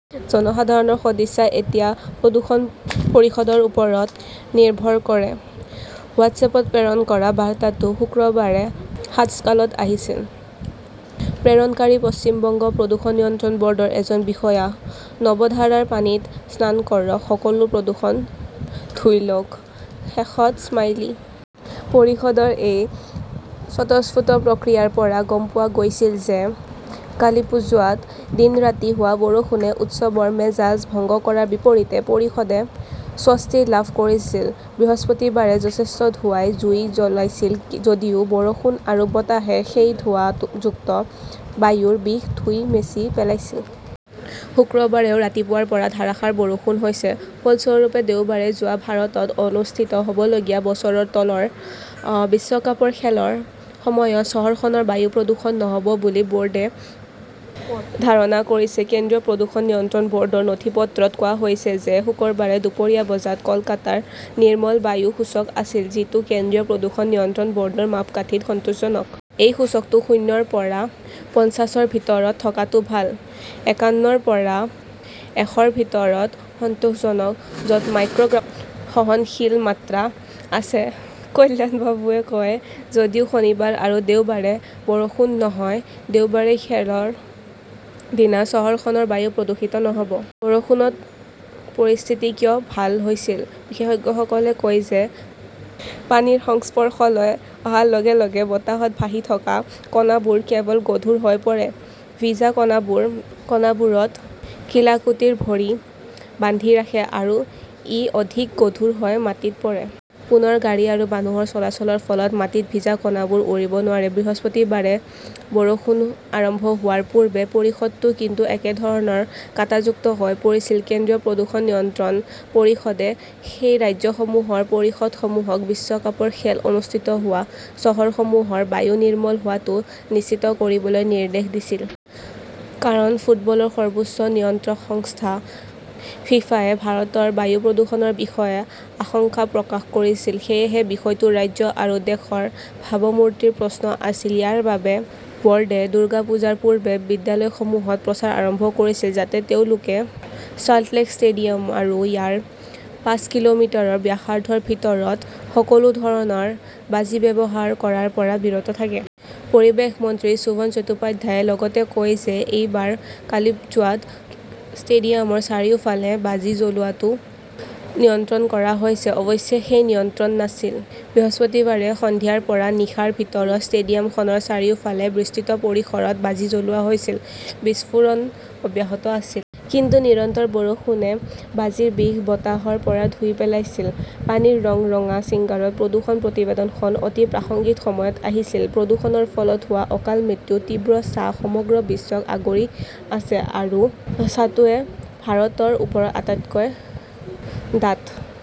জনসাধাৰণৰ সদিচ্ছা এতিয়া প্ৰদূষণ পৰিষদৰ ওপৰত নিৰ্ভৰ কৰে হোৱাটছএপত প্ৰেৰণ কৰা বাৰ্তাটো শুক্ৰবাৰে সাতস্কালত আহিছিল। প্ৰেৰণকাৰী পশ্চিম বংগ প্ৰদূষণ নিয়ন্ত্ৰণ বৰ্ডৰ এজন বিষয়া। 'নৱধাৰাৰ পানীত স্নান কৰক। সকলো প্ৰদূষণ ধুই লওঁক। 'শেষত স্মাইলি। পৰিষদৰ সেই স্বতঃস্ফূৰ্ত প্ৰতিক্ৰিয়াৰ পৰা গম পোৱা গৈছিল যে কালিপ্পুজোৱাত দিন-ৰাতি হোৱা বৰষুণে উৎসৱৰ মেজাজ ভংগ কৰাৰ বিপৰীতে পৰিষদে স্বস্তি লাভ কৰিছিল। বৃহস্পতিবাৰে যথেষ্ট ধোঁৱাই জুই জ্বলাইছিল যদিও বৰষুণ আৰু বতাহে সেই ধোঁৱাযুক্ত বায়ুৰ বিষ ধুই মচি পেলাইছিল। শুক্ৰবাৰেও ৰাতিপুৱাৰ পৰা ধাৰাসাৰ বৰষুণ হৈছে। ফলস্বৰূপে, দেওবাৰে য়ুবা ভাৰতত অনুষ্ঠিত হবলগীয়া বছৰৰ তলৰ বিশ্বকাপৰ খেলৰ সময়ত চহৰখনৰ বায়ু প্ৰদূষণ নহব বুলি বোৰ্ডে ধাৰণা কৰিছে। কেন্দ্ৰীয় প্ৰদূষণ নিয়ন্ত্ৰণ বৰ্ডৰ নথিপত্ৰত কোৱা হৈছে যে শুকুৰবাৰে দুপৰীয়া বজাত কলকাতাৰ 'নিৰ্মল বায়ু সূচক আছিল, যিটো কেন্দ্ৰীয় প্ৰদূষণ নিয়ন্ত্ৰণ বৰ্ডৰ মাপকাঠীত' সন্তোষজনক। সেই সূচকটো শূন্য ৰ পৰা পঞ্চাশ ৰ ভিতৰত থকাটো ভাল, একান্ন ৰ পৰা এশ ৰ ভিতৰত সন্তোষজনক। য 'ত মাইক্ৰ' গ্ৰামৰ সহনশীল মাত্ৰা আছে। কল্যাণবাবুৱে কয়, যদিও শনিবাৰ আৰু দেওবাৰে বৰষুণ নহয়, দেওবাৰে খেলৰ দিনা চহৰখনৰ বায়ু প্ৰদূষিত নহব। বৰষুণত পৰিস্থিতি কিয় ভাল হৈছিল? বিশেষজ্ঞসকলে কয় যে পানীৰ সংস্পৰ্শলৈ অহাৰ লগে-লগে বতাহত ভাহি থকা কণাবোৰ কেৱল গধুৰ হৈ পৰে। ভিজা কণাবোৰে কণাবোৰত কিলাকুটিৰ ভৰি বান্ধি ৰাখে আৰু ই অধিক গধুৰ হৈ মাটিত পৰে। পুনৰ গাড়ী আৰু মানুহৰ চলাচলৰ ফলত মাটিত ভিজা কণাবোৰো উৰিব নোৱাৰে। বৃহস্পতিবাৰে বৰষুণ আৰম্ভ হোৱাৰ পূৰ্বে পৰিষদটো কিন্তু একেধৰণৰ 'কাঁটাযুক্ত হৈ পৰিছিল। কেন্দ্ৰীয় প্ৰদূষণ নিয়ন্ত্ৰণ পৰিষদে সেই ৰাজ্যসমূহৰ পৰিষদসমূহক বিশ্বকাপৰ খেল অনুষ্ঠিত হোৱা চহৰসমূহৰ বায়ু নিৰ্মল হোৱাটো নিশ্চিত কৰিবলৈ নিৰ্দেশ দিছিল। কাৰণ, ফুটবলৰ সৰ্বোচ্চ নিয়ন্ত্ৰক সংস্থা ফিফা-য়ে ভাৰতৰ বায়ু প্ৰদূষণৰ বিষয়ে আশংকা প্ৰকাশ কৰিছিল। সেয়েহে, বিষয়টো ৰাজ্য আৰু দেশৰ ভাবমূৰ্তিৰ প্ৰশ্ন আছিল। ইয়াৰ বাবে, বৰ্ডে দুৰ্গা পূজাৰ পূৰ্বে বিদ্যালয়সমূহত প্ৰচাৰ আৰম্ভ কৰিছিল যাতে তেওঁলোকে চাল্টলেক ষ্টেডিয়াম আৰু ইয়াৰ পাঁচ কিলোমিটাৰ ব্যাসাৰ্ধৰ ভিতৰত সকলো ধৰণৰ বাজি ব্যৱহাৰ কৰাৰ পৰা বিৰত থাকে। পৰিৱেশ মন্ত্ৰী শোভন চট্টোপাধ্যায়ে লগতে কয় যে এইবাৰ কালিপ্পুজোৱাত ষ্টেডিয়ামৰ চাৰিওফালে বাজি জ্বলোৱাটো নিয়ন্ত্ৰণ কৰা হৈছে। অৱশ্যে সেই নিয়ন্ত্ৰণ নাছিল। বৃহস্পতিবাৰে সন্ধিয়াৰ পৰা নিশাৰ ভিতৰত ষ্টেডিয়ামখনৰ চাৰিওফালে বিস্তৃত পৰিসৰত বাজি জ্বলোৱা হৈছিল, বিস্ফোৰণ অব্যাহত আছিল। কিন্তু নিৰন্তৰ বৰষুণে বাজিৰ বিষ বতাহৰ পৰা ধুই পেলাইছিল। পানীৰ ৰং ৰঙা, সিংগাৰত প্ৰদূষণ প্ৰতিবেদনখন অতি প্ৰাসংগিক সময়ত আহিছিল। প্ৰদূষণৰ ফলত হোৱা অকাল মৃত্যুৰ তীব্ৰ ছাঁ সমগ্ৰ বিশ্বক আগুৰি আছে, আৰু সেই ছাঁটোৱে ভাৰতৰ ওপৰত আটাইতকৈ ডাঠ।